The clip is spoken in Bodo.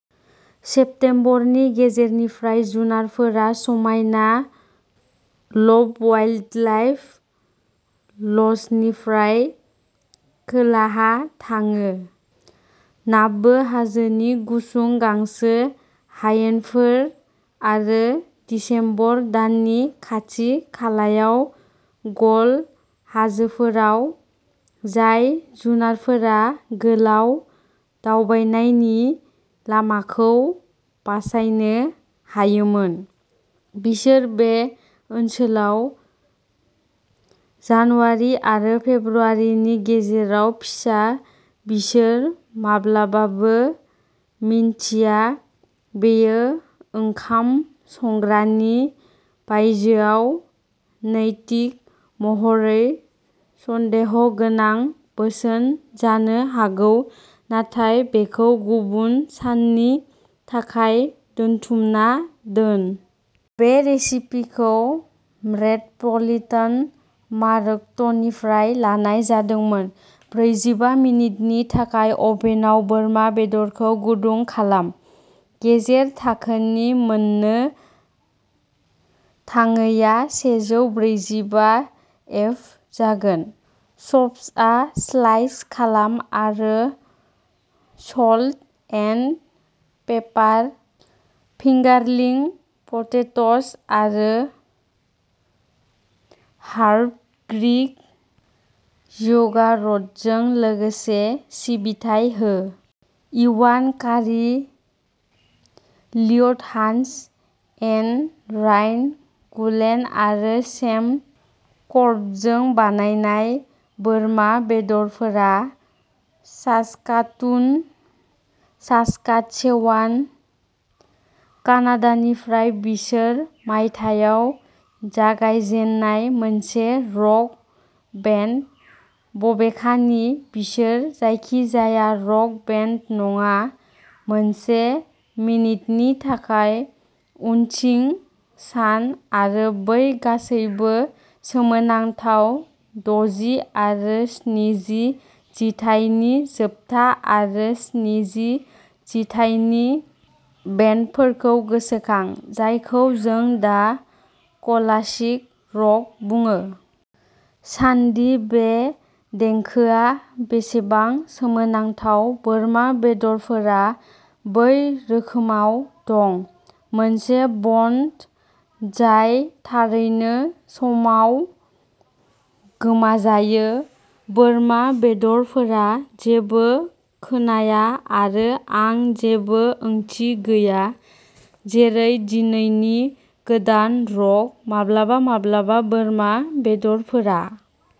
सेप्टेम्बरनि गेजेरनिफ्राय जुनारफोरा समायना लब'वाइल्डलाइफ ल'जनिफ्राय खोलाहा थाङो, नाब्बी हाजोनि गुसुं गांसो हायेनफोर आरो दिसेम्बर दाननि खाथि-खालायाव गल हाजोफोराव। जाय जुनारफोरा गोलाव दावबायनायनि लामाखौ बासायनो हायोमोन, बिसोर बे ओनसोलाव जानुवारि आरो फेब्रुआरिनि गेजेराव फिसा बिसोर माब्लाबाबो मिन्थिया, बेयो ओंखाम संग्रानि बायजोआव नैतिक महरै सन्देहगोनां बोसोन जानो हागौ नाथाय बेखौ गुबुन साननि थाखाय दोनथुमना दोन। बे रेसिपिखौ मेट्र'पलिटान मार्केटनिफ्राय लानाय जादोंमोन। ब्रैजिबा मिनिटनि थाखाय अभेनआव बोरमा बेदरखौ गुदुं खालाम, गेजेर थाखोनि मोननो थाङैआ सेजौ ब्रैजिबा एफ जागोन। चप्सआव स्लाइस खालाम आरो salt and pepper fingerling potatoes आरो हार्बड ग्रीक य'गार्टजों लोगोसे सिबिथाय हो। इवान कारि, लिय'ट हानस', एन रायन गुलेन आरो सेम कर्बेटजों बानायनाय बोरमा बेदरफोरा सास्काटुन, सास्काटचेवान, कानाडानिफ्राय बिसोर मायथाइयाव जागायजेन्नाय मोनसे रक बेन्ड। बबेखानि बिसोर जायखिजाया रक बेन्ड नङा। मोनसे मिनिटनि थाखाय उनथिं सान आरो बै गासैबो सोमोनांथाव दजि आरो स्निजि जिथाइनि जोबथा आरो स्निजि जिथाइनि बेन्डफोरखौ गोसोखां, जायखौ जों दा क्लासिक रक बुङो। सानदि बे देंखोआ बेसेबां सोमोनांथाव। बोरमा बेदरफोरा बै रोखोमाव दं। मोनसे बेन्ड जाय थारैनो समाव गोमाजायो, बोरमा बेदरफोरा जेबो खोनाया आरो आं जेबो ओंथि गैया, जेरै दिनैनि गोदान रक। माब्लाबा-माब्लाबा बोरमा बेदरफोरा।